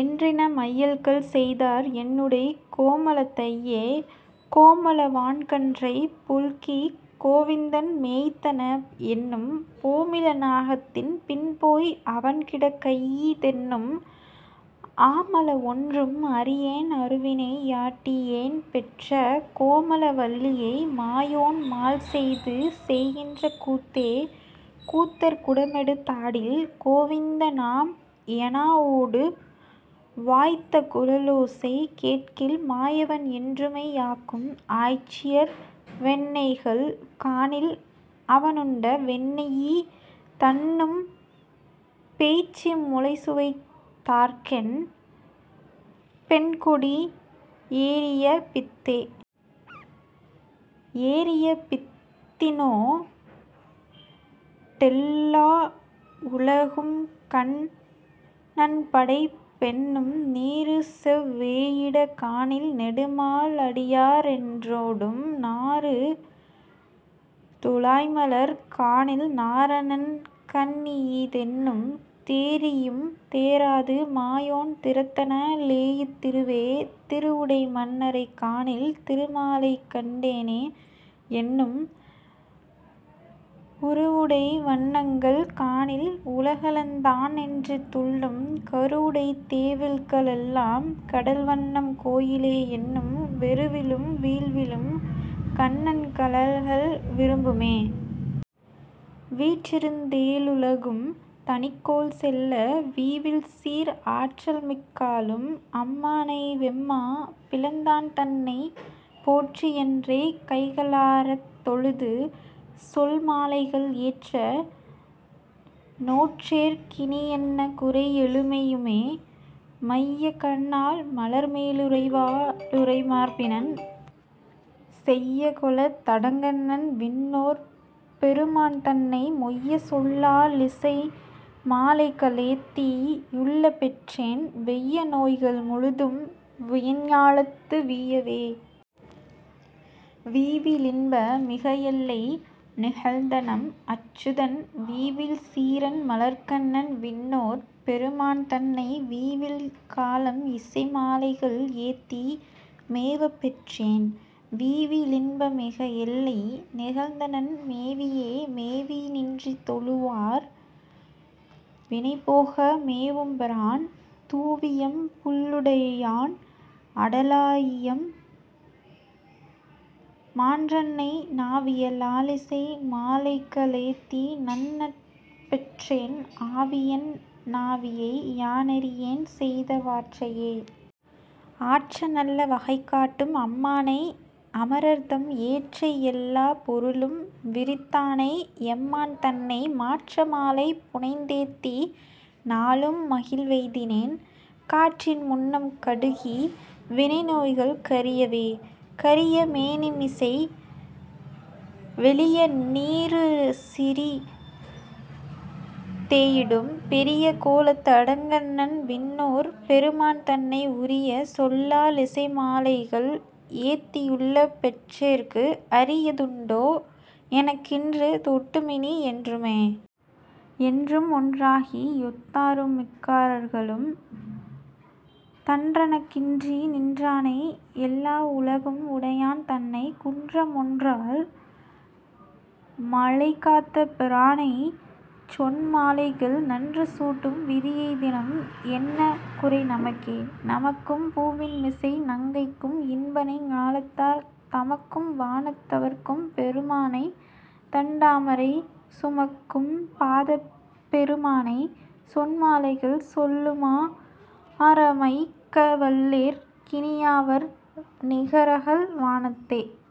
என்றின மையல்கள் செய்தார் என்னுடைக் கோமளத் தையே.. கோமள வான்கன்றைப் புல்கிக் கோவிந்தன் மேய்த்தன என்னும், போமிள நாகத்தின் பின்போய் அவன்கிடக் கையீ தென்னும், ஆமள வொன்றும் அறியேன் அருவினை யாட்டியேன் பெற்ற, கோமள வல்லியை மாயோன் மால்செய்து செய்கின்ற கூத்தே.. கூத்தர் குடமெடுத் தாடில் கோவிந்த னாம் எனா ஓடும், வாய்த்த குழலோசை கேட்கில் மாயவன் என்றுமை யாக்கும், ஆய்ச்சியர் வெண்ணெய்கள் காணில் அவனுண்ட வெண்ணெயீ தென்னும், பேய்ச்சி முலைசுவைத் தாற்கென் பெண்கொடி யேறிய பித்தே.. ஏறிய பித்தினோ டெல்லா வுலகும்கண் ணன்படைப் பென்னும் நீறுசெவ் வேயிடக் காணில் நெடுமால் அடியார் என் றோடும், நாறு துழாய்மலர் காணில் நாரணன் கண்ணியீ தென்னும், தேறியும் தேறாது மாயோன் திறத்தன ளேயித் திருவே.. திருவுடை மன்னரைக் காணில் திருமாலைக் கண்டேனே என்னும், உருவுடை வண்ணங்கள் காணில் உலகளந் தான் என்று துள்ளும், கருவுடைத் தேவில்க ளெல்லாம் கடல்வண்ணன் கோயிலே என்னும் வெருவிலும் வீழ்விலும் கண்ணன் கழல்கள் விரும்புமே.. வீற்றிருந் தேழுலகும் தனிக்கோல் செல்ல, வீவில்சீர், ஆற்றல்மிக் காளும் அம்மானைவெம்மா பிளந்தான்தன்னை, போற்றி யென்றே கைகளாரத் தொழுது சொல்மாலைகள், ஏற்ற நோற்றேற் கினியென்னகுறை யெழுமையுமே?. மைய கண்ணாள் மலர்மேலுறைவா ளுறைமார்பினன், செய்ய கொலத் தடங்கண்ணன் விண்ணோர் பெருமான்தன்னை மொய்ய சொல்லா லிசைமாலைகளேத்தி யுள்ளப் பெற்றேன், வெய்ய நோய்கள் முழுதும் வியன்ஞாலத்து வீயவே.. வீவி லின்ப மிகஎல்லை நிகழ்ந்தநம் அச்சுதன், வீவில் சீரன் மலர்க்கண்ணன் விண்ணோர் பெருமான்தன்னை, வீவில் காலம் இசைமாலைகள் ஏத்தி மேவப்பெற்றேன், வீவி லின்பமிக எல்லை நிகழ்ந்தனன் மேவியே.. மேவி நின்று தொழுவார் வினைபோக மேவும்பிரான், தூவியம் புள்ளு டையான் அடலாழியம் மான்றன்னை, நாவிய லாலிசை மாலைக ளேத்திநண் ணப்பெற்றேன், ஆவியென் னாவியை யானறியேன்செய்த வாற்றையே.. ஆற்ற நல்ல வகைகாட்டும் அம்மானை, அமரர்தம் ஏற்றை யெல்லாப் பொருளும் விரித்தானை எம்மான்தன்னை, மாற்ற மாலை புனைந்தேத்தி நாளும் மகிழ்வெய்தினேன், காற்றின் முன்னம் கடுகி வினைநோய்கள் கரியவே.. கரிய மேனிமிசை வெளிய நீறுசிறி தேயிடும், பெரிய கோலத் தடங்கண்ணன் விண்ணோர் பெருமான்தன்னை, உரிய சொல்லா லிசைமாலைகள் ஏத்தியுள்ளப் பெற்றேற்கு, அரிய துண்டோ எனக்கின்று தொட்டுமினி யென்றுமே?. என்றும் ஒன்றாகி யொத்தாரும்மிக்கார்களும், தன்றனக் கின்றி நின்றானை யெல்லாவுலகும் உடையான் தன்னை, குன்ற மொன்றால் மழைகாத்தபிரானைச்சொன் மாலைகள், நன்று சூட்டும் விதியெய்தினம் என்ன குறைநமக்கே?. நமக்கும் பூவின்மிசை நங்கைக்கும் இன்பனை, ஞாலத்தார் தமக்கும் வானத் தவர்க்கும் பெருமானை, தண்டாமரை சுமக்கும் பாதப் பெருமானைச் சொன்மாலைகள், சொல்லுமா றமைக்க வல்லேற் கினியாவர் நிகரகல் வானத்தே?.